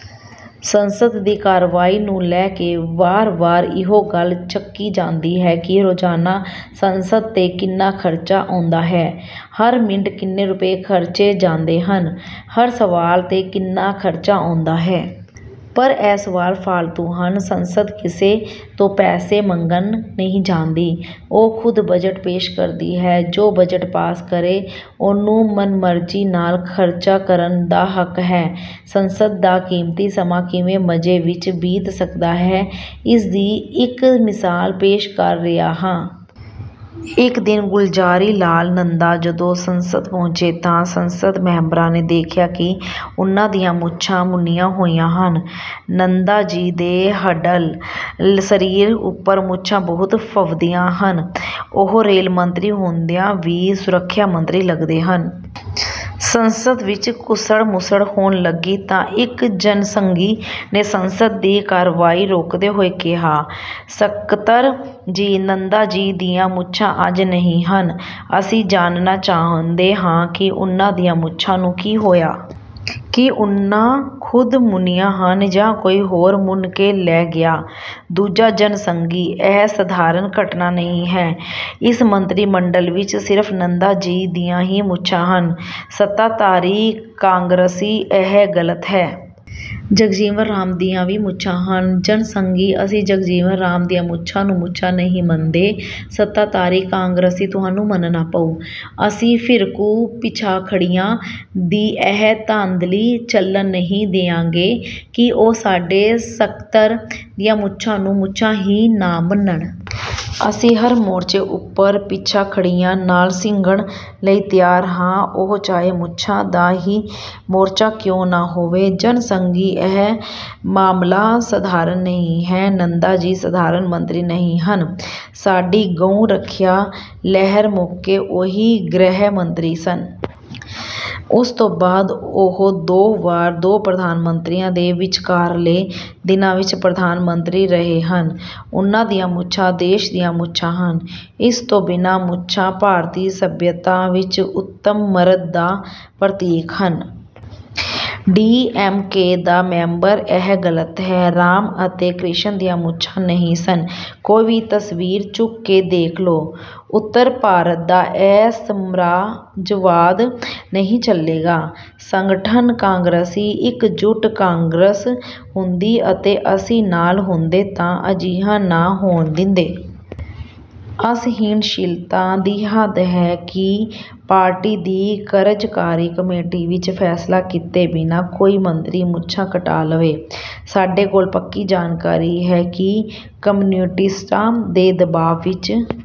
ਸੰਸਦ ਦੀ ਕਾਰਵਾਈ ਨੂੰ ਲੈ ਕੇ ਵਾਰ-ਵਾਰ ਇਹੋ ਗੱਲ ਚੱਕੀ ਜਾਂਦੀ ਹੈ ਕਿ ਰੋਜ਼ਾਨਾ ਸੰਸਦ 'ਤੇ ਕਿੰਨਾ ਖਰਚਾ ਆਉਂਦਾ ਹੈ? ਹਰ ਮਿੰਟ ਕਿੰਨੇ ਰੁਪਏ ਖਰਚੇ ਜਾਂਦੇ ਹਨ? ਹਰ ਸਵਾਲ 'ਤੇ ਕਿੰਨਾ ਖਰਚਾ ਆਉਂਦਾ ਹੈ? ਪਰ ਇਹ ਸਵਾਲ ਫਾਲਤੂ ਹਨ। ਸੰਸਦ ਕਿਸੇ ਤੋਂ ਪੈਸੇ ਮੰਗਣ ਨਹੀਂ ਜਾਂਦੀ। ਉਹ ਖੁਦ ਬਜਟ ਪੇਸ਼ ਕਰਦੀ ਹੈ। ਜੋ ਬਜਟ ਪਾਸ ਕਰੇ, ਉਹਨੂੰ ਮਨਮਰਜ਼ੀ ਨਾਲ ਖਰਚਾ ਕਰਨ ਦਾ ਹੱਕ ਹੈ। ਸੰਸਦ ਦਾ ਕੀਮਤੀ ਸਮਾਂ ਕਿਵੇਂ ਮਜ਼ੇ ਵਿੱਚ ਬੀਤ ਸਕਦਾ ਹੈ ਇਸ ਦੀ ਇੱਕ ਮਿਸਾਲ ਪੇਸ਼ ਕਰ ਰਿਹਾ ਹਾਂ। ਇੱਕ ਦਿਨ ਗੁਲਜ਼ਾਰੀਲਾਲ ਨੰਦਾ ਜਦੋਂ ਸੰਸਦ ਪਹੁੰਚੇ ਤਾਂ ਸੰਸਦ ਮੈਂਬਰਾਂ ਨੇ ਦੇਖਿਆ ਕਿ ਉਹਨਾਂ ਦੀਆਂ ਮੁੱਛਾਂ ਮੁੰਨੀਆਂ ਹੋਈਆਂ ਹਨ। ਨੰਦਾ ਜੀ ਦੇ ਹੱਡਲ ਸਰੀਰ ਉੱਪਰ ਮੁੱਛਾਂ ਬਹੁਤ ਫੱਬਦੀਆਂ ਹਨ। ਉਹ ਰੇਲ ਮੰਤਰੀ ਹੁੰਦਿਆਂ ਵੀ ਸੁਰੱਖਿਆ ਮੰਤਰੀ ਲਗਦੇ ਹਨ। ਸੰਸਦ ਵਿੱਚ ਘੁਸਰ-ਮੁਸਰ ਹੋਣ ਲੱਗੀ ਤਾਂ ਇੱਕ ਜਨਸੰਘੀ ਨੇ ਸੰਸਦ ਦੀ ਕਾਰਵਾਈ ਰੋਕਦੇ ਹੋਏ ਕਿਹਾ, "ਸਕੱਤਰ ਜੀ, ਨੰਦਾ ਜੀ ਦੀਆਂ ਮੁੱਛਾਂ ਅੱਜ ਨਹੀਂ ਹਨ। ਅਸੀਂ ਜਾਣਨਾ ਚਾਹੁੰਦੇ ਹਾਂ ਕਿ ਉਹਨਾਂ ਦੀਆਂ ਮੁੱਛਾਂ ਨੂੰ ਕੀ ਹੋਇਆ? ਕੀ ਉਹਨਾਂ ਖੁਦ ਮੁੰਨੀਆਂ ਹਨ ਜਾਂ ਕੋਈ ਹੋਰ ਮੁੰਨ ਕੇ ਲੈ ਗਿਆ?" ਦੂਜਾ ਜਨ ਸੰਘੀ, "ਇਹ ਸਧਾਰਨ ਘਟਨਾ ਨਹੀਂ ਹੈ। ਇਸ ਮੰਤਰੀ ਮੰਡਲ ਵਿੱਚ ਸਿਰਫ ਨੰਦਾ ਜੀ ਦੀਆਂ ਹੀ ਮੁੱਛਾਂ ਹਨ।" ਸੱਤਾਧਾਰੀ ਕਾਂਗਰਸੀ, "ਇਹ ਗਲਤ ਹੈ। ਜਗਜੀਵਨ ਰਾਮ ਦੀਆਂ ਵੀ ਮੁੱਛਾਂ ਹਨ।" ਜਨਸੰਘੀ, "ਅਸੀਂ ਜਗਜੀਵਨ ਰਾਮ ਦੀਆਂ ਮੁੱਛਾਂ ਨੂੰ ਮੁੱਛਾਂ ਨਹੀਂ ਮੰਨਦੇ।" ਸੱਤਾਧਾਰੀ ਕਾਂਗਰਸੀ, "ਤੁਹਾਨੂੰ ਮੰਨਣਾ ਪਊ। ਅਸੀਂ ਫਿਰਕੂ ਪਿਛਾਖੜੀਆਂ ਦੀ ਇਹ ਧਾਂਦਲੀ ਚੱਲਣ ਨਹੀਂ ਦਿਆਂਗੇ ਕਿ ਉਹ ਸਾਡੇ ਸਕੱਤਰ ਦੀਆਂ ਮੁੱਛਾਂ ਨੂੰ ਮੁੱਛਾਂ ਹੀ ਨਾ ਮੰਨਣ। ਅਸੀਂ ਹਰ ਮੋਰਚੇ ਉੱਪਰ ਪਿਛਾਖੜੀਆਂ ਨਾਲ ਸਿੱਝਣ ਲਈ ਤਿਆਰ ਹਾਂ ਉਹ ਚਾਹੇ ਮੁੱਛਾਂ ਦਾ ਹੀ ਮੋਰਚਾ ਕਿਉਂ ਨਾ ਹੋਵੇ।" ਜਨਸੰਘੀ, "ਇਹ ਮਾਮਲਾ ਸਧਾਰਨ ਨਹੀਂ ਹੈ। ਨੰਦਾ ਜੀ ਸਧਾਰਨ ਮੰਤਰੀ ਨਹੀਂ ਹਨ। ਸਾਡੀ ਗਊ ਰੱਖਿਆ ਲਹਿਰ ਮੌਕੇ ਉਹੀ ਗ੍ਰਹਿ ਮੰਤਰੀ ਸਨ। ਉਸ ਤੋਂ ਬਾਅਦ ਉਹ ਦੋ ਵਾਰ ਦੋ ਪ੍ਰਧਾਨ ਮੰਤਰੀਆਂ ਦੇ ਵਿਚਕਾਰਲੇ ਦਿਨਾਂ ਵਿੱਚ ਪ੍ਰਧਾਨ ਮੰਤਰੀ ਰਹੇ ਹਨ। ਉਹਨਾਂ ਦੀਆਂ ਮੁੱਛਾਂ ਦੇਸ਼ ਦੀਆਂ ਮੁੱਛਾਂ ਹਨ। ਇਸ ਤੋਂ ਬਿਨਾਂ ਮੁੱਛਾਂ ਭਾਰਤੀ ਸੱਭਿਅਤਾ ਵਿੱਚ ਉੱਤਮ ਮਰਦ ਦਾ ਪ੍ਰਤੀਕ ਹਨ।" ਡੀ. ਐਮ. ਕੇ. ਦਾ ਮੈਂਬਰ, "ਇਹ ਗਲਤ ਹੈ। ਰਾਮ ਅਤੇ ਕ੍ਰਿਸ਼ਨ ਦੀਆਂ ਮੁੱਛਾਂ ਨਹੀਂ ਸਨ। ਕੋਈ ਵੀ ਤਸਵੀਰ ਚੁੱਕ ਕੇ ਦੇਖ ਲਉ। ਉੱਤਰ ਭਾਰਤ ਦਾ ਇਹ ਸਾਮਰਾਜਵਾਦ ਨਹੀਂ ਚੱਲੇਗਾ।" ਸੰਗਠਨ ਕਾਂਗਰਸੀ, "ਇੱਕਜੁੱਟ ਕਾਂਗਰਸ ਹੁੰਦੀ ਅਤੇ ਅਸੀਂ ਨਾਲ ਹੁੰਦੇ ਤਾਂ ਅਜਿਹਾ ਨਾ ਹੋਣ ਦਿੰਦੇ। ਅਸਹਿਣਸ਼ੀਲਤਾ ਦੀ ਹੱਦ ਹੈ ਕਿ ਪਾਰਟੀ ਦੀ ਕਾਰਜਕਾਰੀ ਕਮੇਟੀ ਵਿੱਚ ਫੈਸਲਾ ਕੀਤੇ ਬਿਨਾਂ ਕੋਈ ਮੰਤਰੀ ਮੁੱਛਾਂ ਕਟਾ ਲਵੇ। ਸਾਡੇ ਕੋਲ ਪੱਕੀ ਜਾਣਕਾਰੀ ਹੈ ਕਿ ਕਮਿਊਨਿਸਟਾਂ ਦੇ ਦਬਾਅ ਵਿੱਚ